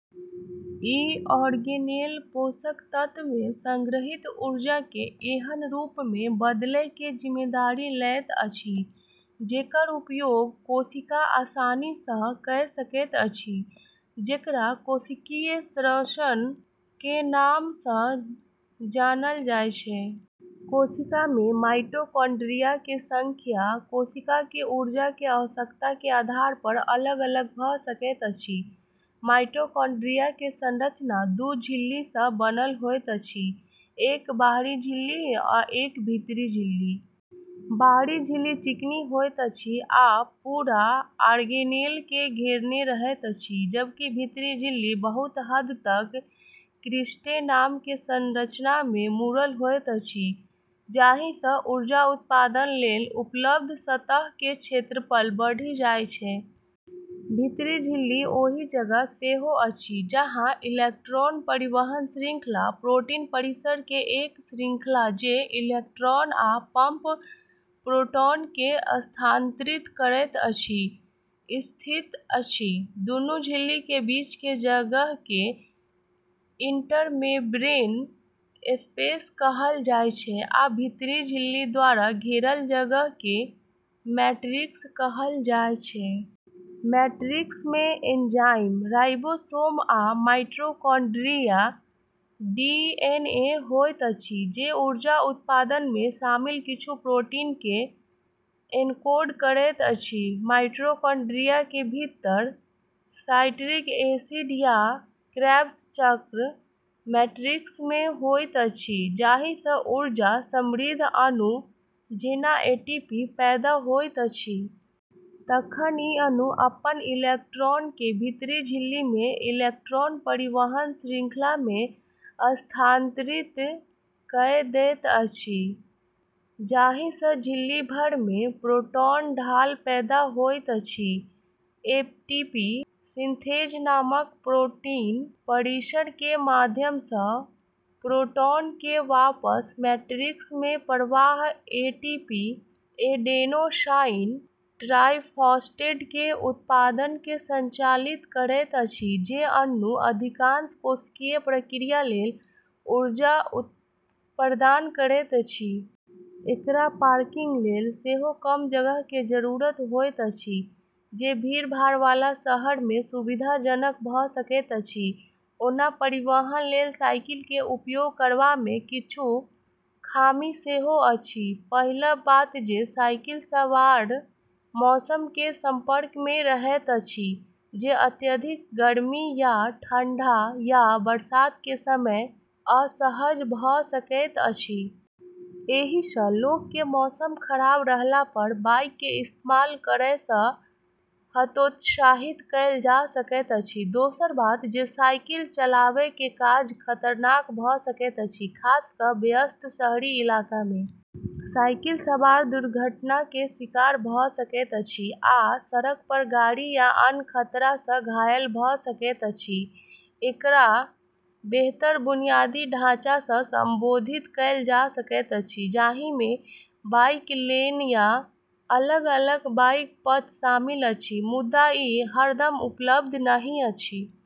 ई organelle पोषक तत्व मे संग्रहित ऊर्जा के एनह रूप मे बदलय के जिम्मेदारी लैत अछि जेकर उपयोग कोशिका आसानी सँ कए सकैत अछि, जेकरा कोशिकीय श्वसन के नाम सँ जानल जाय छै। कोशिका मे माइटोकॉन्ड्रिया के संख्या कोशिका के ऊर्जा के आवश्यकता के आधार पर अलग-अलग भ' सकैत अछि। माइटोकॉन्ड्रिया के संरचना दू झिल्ली सँ बनल होइत अछि: एक बाहरी झिल्ली आ एक भीतरी झिल्ली। बाहरी झिल्ली चिकनी होइत अछि आ पूरा ऑर्गेनेल के घेरने रहैत अछि, जबकि भीतरी झिल्ली बहुत हद तक क्रिस्टे नाम के संरचना मे मुड़ल होइत अछि, जाहि सँ ऊर्जा उत्पादन लेल उपलब्ध सतह के क्षेत्रफल बढ़ि जाय छै। भीतरी झिल्ली ओहि जगह सेहो अछि जहाँ इलेक्ट्रॉन परिवहन श्रृंखला, प्रोटीन परिसर के एक श्रृंखला जे इलेक्ट्रॉन आ पंप प्रोटॉन के स्थानांतरित करैत अछि, स्थित अछि। दुनू झिल्ली के बीच के जगह के इंटरमेम्ब्रेन स्पेस कहल जाय छै, आ भीतरी झिल्ली द्वारा घेरल जगह के मैट्रिक्स कहल जाय छै। मैट्रिक्स मे एंजाइम, राइबोसोम आ माइटोकॉन्ड्रिया डीएनए होइत अछि, जे ऊर्जा उत्पादन मे शामिल किछु प्रोटीन के एन्कोड करैत अछि। माइटोकॉन्ड्रिया के भीतर साइट्रिक एसिड या क्रेब्स चक्र मैट्रिक्स मे होइत अछि, जाहि सँ ऊर्जा-समृद्ध अणु जेनाएटीपी पैदा होइत अछि। तखन ई अणु अपन इलेक्ट्रॉन के भीतरी झिल्ली मे इलेक्ट्रॉन परिवहन श्रृंखला मे स्थानांतरित कए दैत अछि, जाहि सँ झिल्ली भर मे प्रोटॉन ढाल पैदा होइत अछि। एटीपी सिन्थेज नामक प्रोटीन परिसर के माध्यम सँ प्रोटॉन के वापस मैट्रिक्स मे प्रवाह एटीपी एडेनोसाइन ट्राइफॉस्फेट के उत्पादन के संचालित करैत अछि, जे अणु अधिकांश कोशिकीय प्रक्रिया लेल ऊर्जा प्रदान करैत अछि। एकरा पार्किंग लेल सेहो कम जगह के जरूरत होइत अछि, जे भीड़भाड़ वाला शहर मे सुविधाजनक भ' सकैत अछि। ओना परिवहन लेल साइकिल के उपयोग करबा मे किछु खामी सेहो अछि। पहिल बात जे साइकिल सवार मौसम के संपर्क मे रहैत छथि, जे अत्यधिक गर्मी या ठंडा, या बरसात के समय असहज भ' सकैत अछि। एहि सँ लोक के मौसम खराब रहला पर बाइक के इस्तेमाल करय सँ हतोत्साहित कएल जा सकैत अछि। दोसर बात जे साइकिल चलाबय के काज खतरनाक भ' सकैत अछि, खास क' व्यस्त शहरी इलाका मे। साइकिल सवार दुर्घटना के शिकार भ' सकैत छथि, आ सड़क पर गाड़ी या अन्य खतरा सँ घायल भ' सकैत छथि। एकरा बेहतर बुनियादी ढाँचा सँ संबोधित कएल जा सकैत अछि, जाहि मे बाइक लेन या अलग-अलग बाइक पथ शामिल अछि, मुदा ई हरदम उपलब्ध नहि अछि।